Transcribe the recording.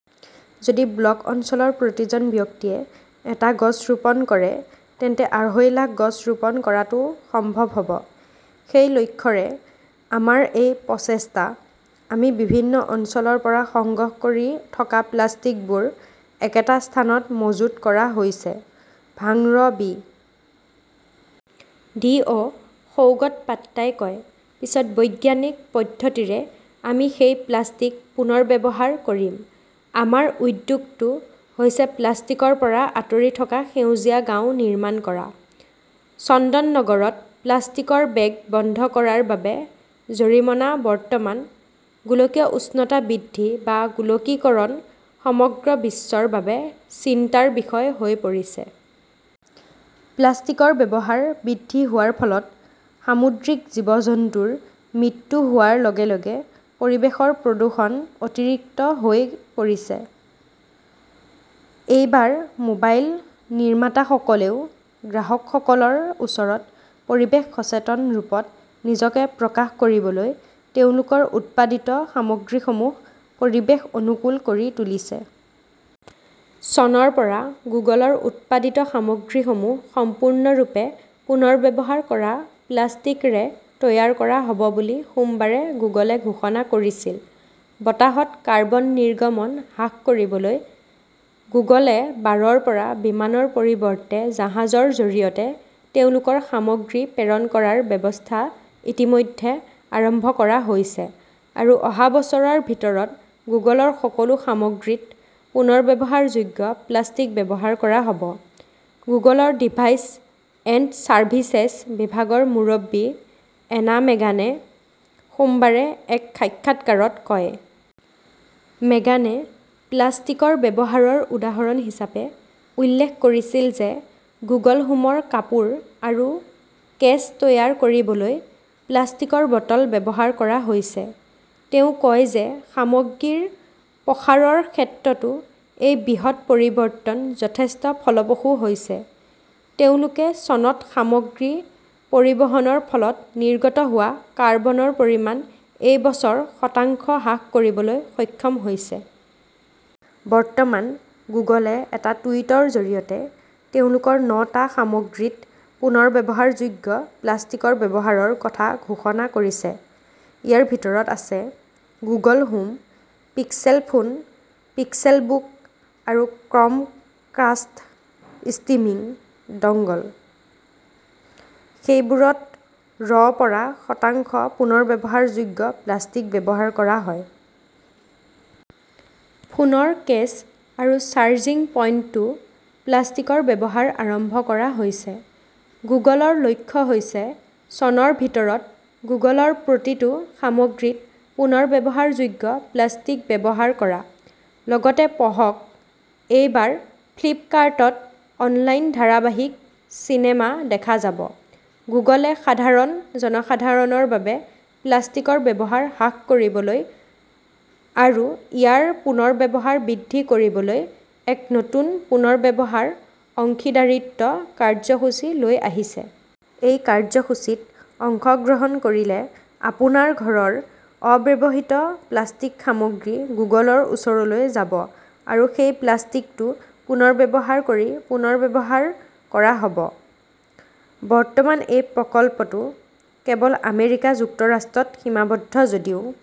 যদি ব্লক অঞ্চলৰ প্ৰতিজন ব্যক্তিয়ে এটা গছ ৰোপণ কৰে তেন্তে আঢ়ৈ লাখ গছ ৰোপণ কৰাটো সম্ভৱ হ 'ব। সেই লক্ষ্যৰে আমাৰ এই প্ৰচেষ্টা। "আমি বিভিন্ন অঞ্চলৰ পৰা সংগ্ৰহ কৰি থকা প্লাষ্টিকবোৰ একেটা স্থানত মজুত কৰা হৈছে", ভাংৰ বি. ডি. অ ". সৌগত পাত্ৰাই কয়। পিছত বৈজ্ঞানিক পদ্ধতিৰে আমি সেই প্লাষ্টিক পুনৰ্ব্যৱহাৰ কৰিম। আমাৰ উদ্যোগটো হৈছে প্লাষ্টিকৰ পৰা আঁতৰি থকা সেউজীয়া গাঁও নিৰ্মাণ কৰা। "। চন্দননগৰত প্লাষ্টিকৰ বেগ বন্ধ কৰাৰ বাবে জৰিমনা বৰ্তমান, গোলকীয় উষ্ণতা বৃদ্ধি বা গোলকীকৰণ সমগ্ৰ বিশ্বৰ বাবে চিন্তাৰ বিষয় হৈ পৰিছে। প্লাষ্টিকৰ ব্যৱহাৰ বৃদ্ধি হোৱাৰ ফলত সামুদ্ৰিক জীৱ-জন্তুৰ মৃত্যু হোৱাৰ লগে লগে পৰিৱেশৰ প্ৰদূষণ অতিৰিক্ত হৈ পৰিছে। এইবাৰ মোবাইল নিৰ্মাতাসকলেও গ্ৰাহকসকলৰ ওচৰত পৰিৱেশ সচেতন ৰূপত নিজকে প্ৰকাশ কৰিবলৈ তেওঁলোকৰ উৎপাদিত সামগ্ৰীসমূহ পৰিৱেশ অনুকূল কৰি তুলিছে। চনৰ পৰা গুগলৰ উৎপাদিত সামগ্ৰীসমূহ সম্পূৰ্ণৰূপে 'পুনৰ্ব্যৱহাৰ কৰা প্লাষ্টিক "ৰে তৈয়াৰ কৰা হ" ব বুলি সোমবাৰে গুগলে ঘোষণা কৰিছিল। "বতাহত কাৰ্বন নিৰ্গমন হ্ৰাস কৰিবলৈ গুগল এ বাৰৰ পৰা বিমানৰ পৰিৱৰ্তে জাহাজৰ জৰিয়তে তেওঁলোকৰ সামগ্ৰী প্ৰেৰণ কৰাৰ ব্যৱস্থা ইতিমধ্যে আৰম্ভ কৰা হৈছে আৰু অহা বছৰৰ ভিতৰত গুগলৰ সকলো সামগ্ৰীত পুনৰ্ব্যৱহাৰযোগ্য প্লাষ্টিক ব্যৱহাৰ কৰা হ" ব ", গুগলৰ ডিভাইচ এণ্ড চাৰ্ভিচেছ বিভাগৰ মুৰব্বী এনা মেগানে সোমবাৰে এক সাক্ষাৎকাৰত কয়। মেগানে প্লাষ্টিকৰ ব্যৱহাৰৰ উদাহৰণ হিচাপে উল্লেখ কৰিছিল যে গুগল হোমৰ কাপোৰ আৰু কেছ তৈয়াৰ কৰিবলৈ প্লাষ্টিকৰ বটল ব্যৱহাৰ কৰা হৈছে। তেওঁ কয় যে সামগ্ৰীৰ প্ৰসাৰৰ ক্ষেত্ৰতো এই বৃহৎ পৰিৱৰ্তন যথেষ্ট ফলপ্ৰসূ হৈছে। তেওঁলোকে চনত সামগ্ৰী পৰিবহণৰ ফলত নিৰ্গত হোৱা কাৰ্বনৰ পৰিমাণ এই বছৰ শতাংশ হ্ৰাস কৰিবলৈ সক্ষম হৈছে। বৰ্তমান, গুগলে এটা টুইটৰ জৰিয়তে তেওঁলোকৰ নটা সামগ্ৰীত পুনৰ্ব্যৱহাৰযোগ্য প্লাষ্টিকৰ ব্যৱহাৰৰ কথা ঘোষণা কৰিছে। ইয়াৰ ভিতৰত আছে 'Google Home ",' Pixel phone", 'Pixelbook "আৰু' ক্ৰমকাষ্ট ষ্ট্ৰীমিং ডংগল"। সেইবোৰত ৰ পৰা শতাংশ পুনৰ্ব্যৱহাৰযোগ্য প্লাষ্টিক ব্যৱহাৰ কৰা হয়। ফোনৰ কেছ আৰু চাৰ্জিং পইণ্টতো প্লাষ্টিকৰ ব্যৱহাৰ আৰম্ভ কৰা হৈছে। গুগলৰ লক্ষ্য হৈছে চনৰ ভিতৰত গুগলৰ প্ৰতিটো সামগ্ৰীত পুনৰ্ব্যৱহাৰযোগ্য প্লাষ্টিক ব্যৱহাৰ কৰা। লগতে পঢ়কঃ এই বাৰ ফ্লিপ্পকাৰ্টত অনলাইন ধাৰাবাহিক, চিনেমা দেখা যাব, গুগলে সাধাৰণ জনসাধাৰণৰ বাবে প্লাষ্টিকৰ ব্যৱহাৰ হ্ৰাস কৰিবলৈ আৰু ইয়াৰ পুনৰ্ব্যৱহাৰ বৃদ্ধি কৰিবলৈ এক নতুন 'পুনৰ্ব্যৱহাৰ অংশীদাৰীত্ব কাৰ্যসূচী "লৈ আহিছে। এই কাৰ্যসূচীত অংশগ্ৰহণ কৰিলে আপোনাৰ ঘৰৰ অব্যৱহৃত প্লাষ্টিক সামগ্ৰী গুগলৰ ওচৰলৈ যাব আৰু সেই প্লাষ্টিকটো পুনৰ্ব্যৱহাৰ কৰি পুনৰ্ব্যৱহাৰ কৰা হ 'ব। বৰ্তমান এই প্ৰকল্পটো কেৱল আমেৰিকা যুক্তৰাষ্ট্ৰত সীমাবদ্ধ যদিও